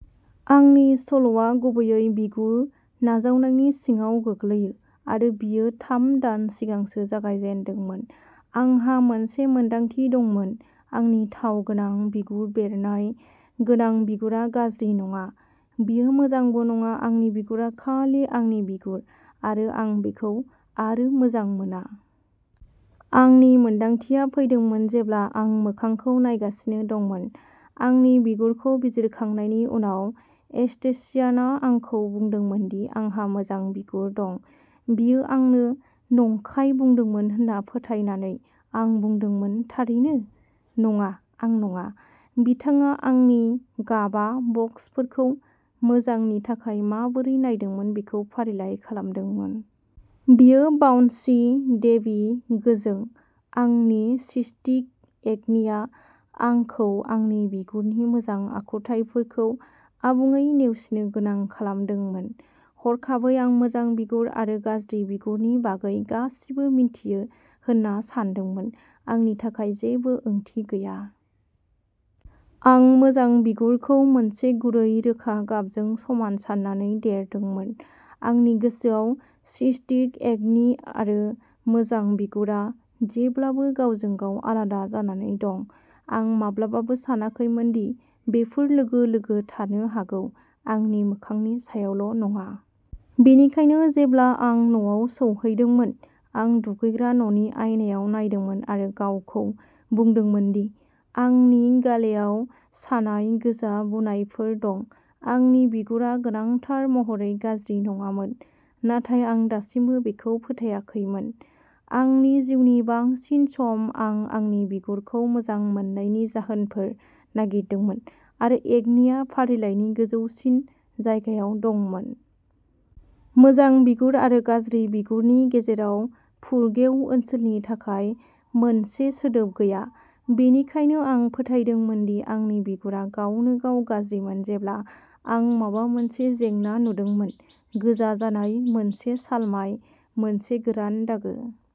आंनि सल'आ, गुबैयै, बिगुर-नाजावनायनि सिङाव गोग्लैयो आरो बेयो थाम दान सिगांसो जागायजेन्दोंमोन। आंहा मोनसे मोनदांथि दंमोनः आंनि थाव गोनां, बिगुर-बेरनाय गोनां बिगुरा गाज्रि नङा; बेयो मोजांबो नङा। आंनि बिगुरा खालि आंनि बिगुर, आरो आं बेखौ आरो मोजां मोना। आंनि मोनदांथिया फैदोंमोन जेब्ला आं मोखांखौ नायगासिनो दंमोन। आंनि बिगुरखौ बिजिरखांनायनि उनाव, एस्थेसियानआ आंखौ बुंदोंमोन दि आंहा "मोजां बिगुर" दं। बियो आंनो नंखाय बुंदोंमोन होन्ना फोथायनानै, आं बुंदोंमोन, "थारैनो? नङा, आं नङा। " बिथाङा आंनि गाबआ बक्सफोरखौ "मोजां" नि थाखाय माबोरै नायदोंमोन बेखौ फारिलाइ खालामदोंमोन। बेयो बाउन्सि, डेवि, गोजों। आंनि सिस्टिक एकनिआ आंखौ आंनि बिगुरनि मोजां आखुथाइफोरखौ आबुङै नेवसिनो गोनां खालामदोंमोन। हरखाबै, आं "मोजां बिगुर" आरो "गाज्रि बिगुर" नि बागै गासिबो मिन्थियो होन्ना सानदोंमोन, आंनि थाखाय जेबो ओंथि गैया। आं "मोजां बिगुर" खौ मोनसे गुरै, रोखा गाबजों समान सान्नानै देरदोंमोन। आंनि गोसोआव, सिस्टिक एकने आरो "मोजां बिगुर" आ जेब्लाबो गावजों-गाव आलादा जानानै दं। आं माब्लाबाबो सानाखैमोन दि बेफोर लोगो-लोगो थानो हागौ, आंनि मोखांनि सायावल'नङा। बेनिखायनो जेब्ला आं न'आव सौहैदोंमोन, आं दुगैग्रा न'नि आयनाआव नायदोंमोन आरो गावखौ बुंदोंमोन दि आंनि गालेयाव सानाय, गोजा बुनायफोर दं, आंनि बिगुरा गोनांथार महरै गाज्रि नङामोन। नाथाय आं दासिमबो बेखौ फोथायाखैमोन। आंनि जिउनि बांसिन सम, आं आंनि बिगुरखौ मोजां मोन्नायनि जाहोनफोर नागिरदोंमोन, आरो एकनिआ फारिलाइनि गोजौसिन जायगायाव दंमोन। "मोजां बिगुर" आरो "गाज्रि बिगुर" नि गेजेराव फुरगेव ओनसोलनि थाखाय मोनसे सोदोब गैया, बेनिखायनो आं फोथायदोंमोन दि आंनि बिगुरा गावनो-गाव गाज्रिमोन जेब्ला आं माबा मोनसे जेंना नुदोंमोनः गोजा जानाय, मोनसे सालमाय, मोनसे गोरान दागो।